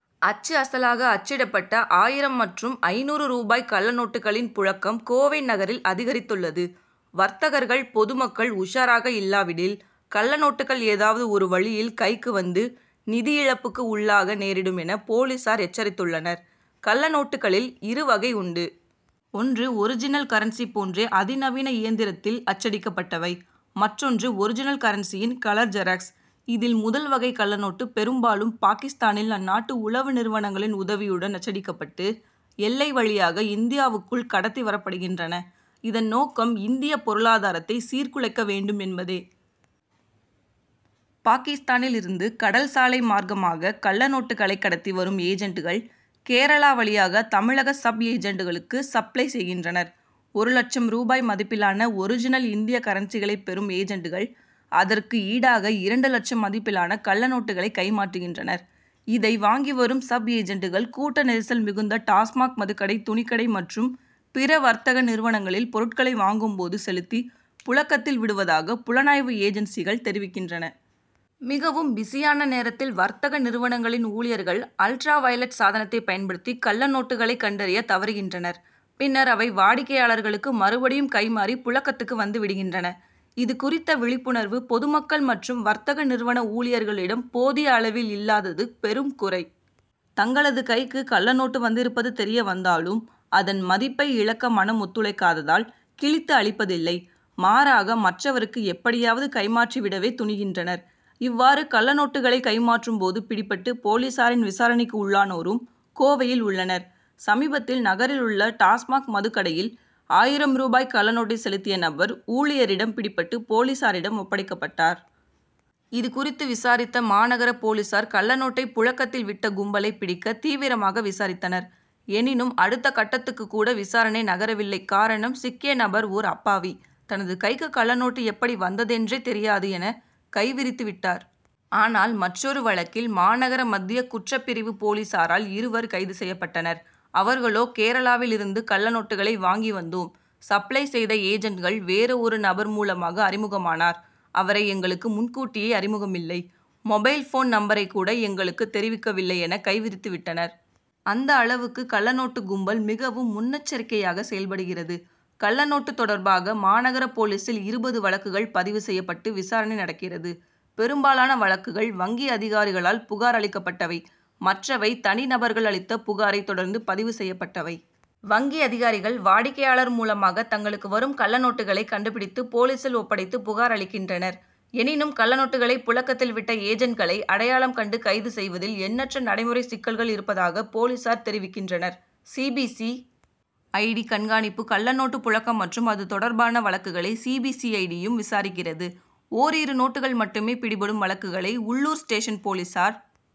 அச்சு அசலாக அச்சிடப் பட்ட ஆயிரம் மற்றும் ஐந்நூறு ரூபாய் கள்ளநோட்டுகளின் புழக்கம் கோவை நகரில் அதிகரித்துள்ளது. வர்த்தகர்கள் பொதுமக்கள் உஷாராக இல்லாவிடில் கள்ளநோட்டுகள் ஏதாவது ஒரு வழியில் கைக்கு வந்து நிதியிழப் புக்கு உள்ளாக நேரிடும் என போலீசார் எச்சரித்துள் ளனர். கள்ளநோட்டுகளில் இரு வகை உண்டு. ஒன்று ஒரிஜினல் கரன்சி போன்றே அதிநவீன இயந்திரத்தில் அச்சடிக்கப்பட்டவை. மற் றொன்று ஒரிஜினல் கரன்சி யின் கலர் ஜெராக்ஸ். இதில் முதல் வகை கள்ளநோட்டு பெரும் பாலும் பாகிஸ்தானில் அந் நாட்டு உளவு நிறுவனங் களின் உதவியுடன் அச் சிடப்பட்டு எல்லை வழியாக இந்தியாவுக்குள் கடத்தி வரப்படுகின்றன இதன் நோக்கம் இந்திய பொருளாதாரத்தை சீர் குலைக்க வேண்டும் என் பதே. பாகிஸ்தானில் இருந்து கடல் சாலை மார்க்கமாக கள்ளநோட்டுகளை கடத்தி வரும் ஏஜன்ட்கள் கேரளா வழியாக தமிழக சப் ஏஜன்ட்களுக்கு சப்ளை செய்கின்றனர். ஒரு லட்சம் ரூபாய் மதிப்பிலான ஒரிஜினல் இந்திய கரன்சிகளை பெறும் ஏஜன்ட்கள் அதற்கு ஈடாக இரண்டு லட்சம் மதிப்பிலான கள்ளநோட்டுகளை கைமாற்றுகின்றனர். இதை வாங்கி வரும் சப் ஏஜன்ட்கள் கூட்ட நெரிசல் மிகுந்த டாஸ்மாக் மதுக்கடை துணிக்கடை மற்றும் பிற வர்த்தக நிறுவனங்களில் பொருட்களை வாங்கும் போது செலுத்தி புழக்கத்தில் விடுவதாக புலனாய்வு ஏஜன்சிகள் தெரிவிக்கின்றன. மிகவும் பிஸியான நேரத்தில் வர்த்தக நிறுவனங்களின் ஊழியர்கள் அல்ட்ரா வயலட் சாதனத்தை பயன்படுத்தி கள்ளநோட்டுகளை கண்டறிய தவறுகின்றனர். பின்னர் அவை வாடிக்கையாளர்களுக்கு மறுபடியும் கைமாறி புழக்கத்துக்கு வந்துவிடுகின்றன. இது குறித்த விழிப் புணர்வு பொதுமக்கள் மற்றும் வர்த்தக நிறுவன ஊழியர்களிடம் போதிய அளவில் இல்லாதது பெரும் குறை. தங்களது கைக்கு கள்ள நோட்டு வந்திருப்பது தெரிய வந்தாலும் அதன் மதிப்பை இழக்க மனம் ஒத்துழைக்காததால் கிழித்து அழிப்பதில்லை. மாறாக மற்றவருக்கு எப்படியாவது கைமாற்றிவிடவே துணிகின்றனர். இவ்வாறு கள்ளநோட்டுகளை கைமாற்றும் போது பிடிபட்டு போலீசாரின் விசாரணைக்கு உள்ளானோரும் கோவையில் உள்ளனர். சமீபத்தில் நகரிலுள்ள டாஸ்மாக் மதுக் கடையில் ஆயிரம் ரூபாய் கள்ள நோட்டை செலுத்திய நபர் ஊழியரிடம் பிடிபட்டு போலீசாரிடம் ஒப்படைக்கப்பட்டார். இது குறித்து விசாரித்த மாநகர போலீசார் கள்ளநோட்டை புழக்கத்தில் விட்ட கும்பலை பிடிக்க தீவிரமாக விசாரித்தனர். எனினும் அடுத்த கட்டத் துக்கு கூட விசாரணை நகரவில்லை காரணம் சிக்கிய நபர் ஓர் அப்பாவி. தனது கைக்கு கள்ளநோட்டு எப்படி வந்ததென்றே தெரியாது என கைவிரித்து விட்டார். ஆனால் மற்றொரு வழக்கில் மாநகர மத்திய குற்றப்பிரிவு போலீசாரால் இருவர் கைது செய்யப்பட்டனர். அவர்களோ கேரளாவில் இருந்து கள்ளநோட்டுகளை வாங்கி வந்தோம். சப்ளை செய்த ஏஜன்ட்கள் வேறு ஒரு நபர் மூலமாகவே அறிமுகமானார். அவரை எங்களுக்கு முன் கூட்டியே அறிமுகமில்லை. மொபைல் போன் நம்பரை கூட எங்களுக்கு தெரிவிக்கவில்லை என கைவிரித்துவிட்டனர். அந்த அளவுக்கு கள்ளநோட்டு கும்பல் மிகவும் முன்னெச்சரிக்கையாக செயல்படுகிறது. கள்ளநோட்டு தொடர் பாக மாநகர போலீசில் இருபது வழக்குகள் பதிவு செய்யப் பட்டு விசாரணை நடக் கிறது. பெரும்பாலான வழக்குகள் வங்கி அதிகாரிகளால் புகார் அளிக்கப்பட்டவை மற்றவை தனி நபர்கள் அளித்த புகாரை தொடர்ந்து பதிவு செய்யப்பட்டவை. வங்கி அதிகாரிகள் வாடிக்கையாளர் மூலமாக தங்களுக்கு வரும் கள்ளநோட்டுகளை கண்டுபிடித்து போலீசில் ஒப் படைத்து புகார் அளிக்கின்றனர். எனினும் கள்ளநோட்டுகளை புழக்கத்தில் விட்ட ஏஜன்ட்களை அடையாளம் கண்டு கைது செய் வதில் எண்ணற்ற நடைமுறை சிக்கல்கள் இருப்பதாக போலீசார் தெரிவிக் கின்றனர். C. B. C. I. D. கண்காணிப்பு கள்ளநோட்டு புழக்கம் மற்றும் அது தொடர்பான வழக்குகளை C. B. C. I. D. யும் விசாரிக்கிறது. ஓரிரு நோட்டுகள் மட்டுமே பிடிபடும் வழக்குகளை உள்ளூர் ஸ்டேஷன் போலீசார்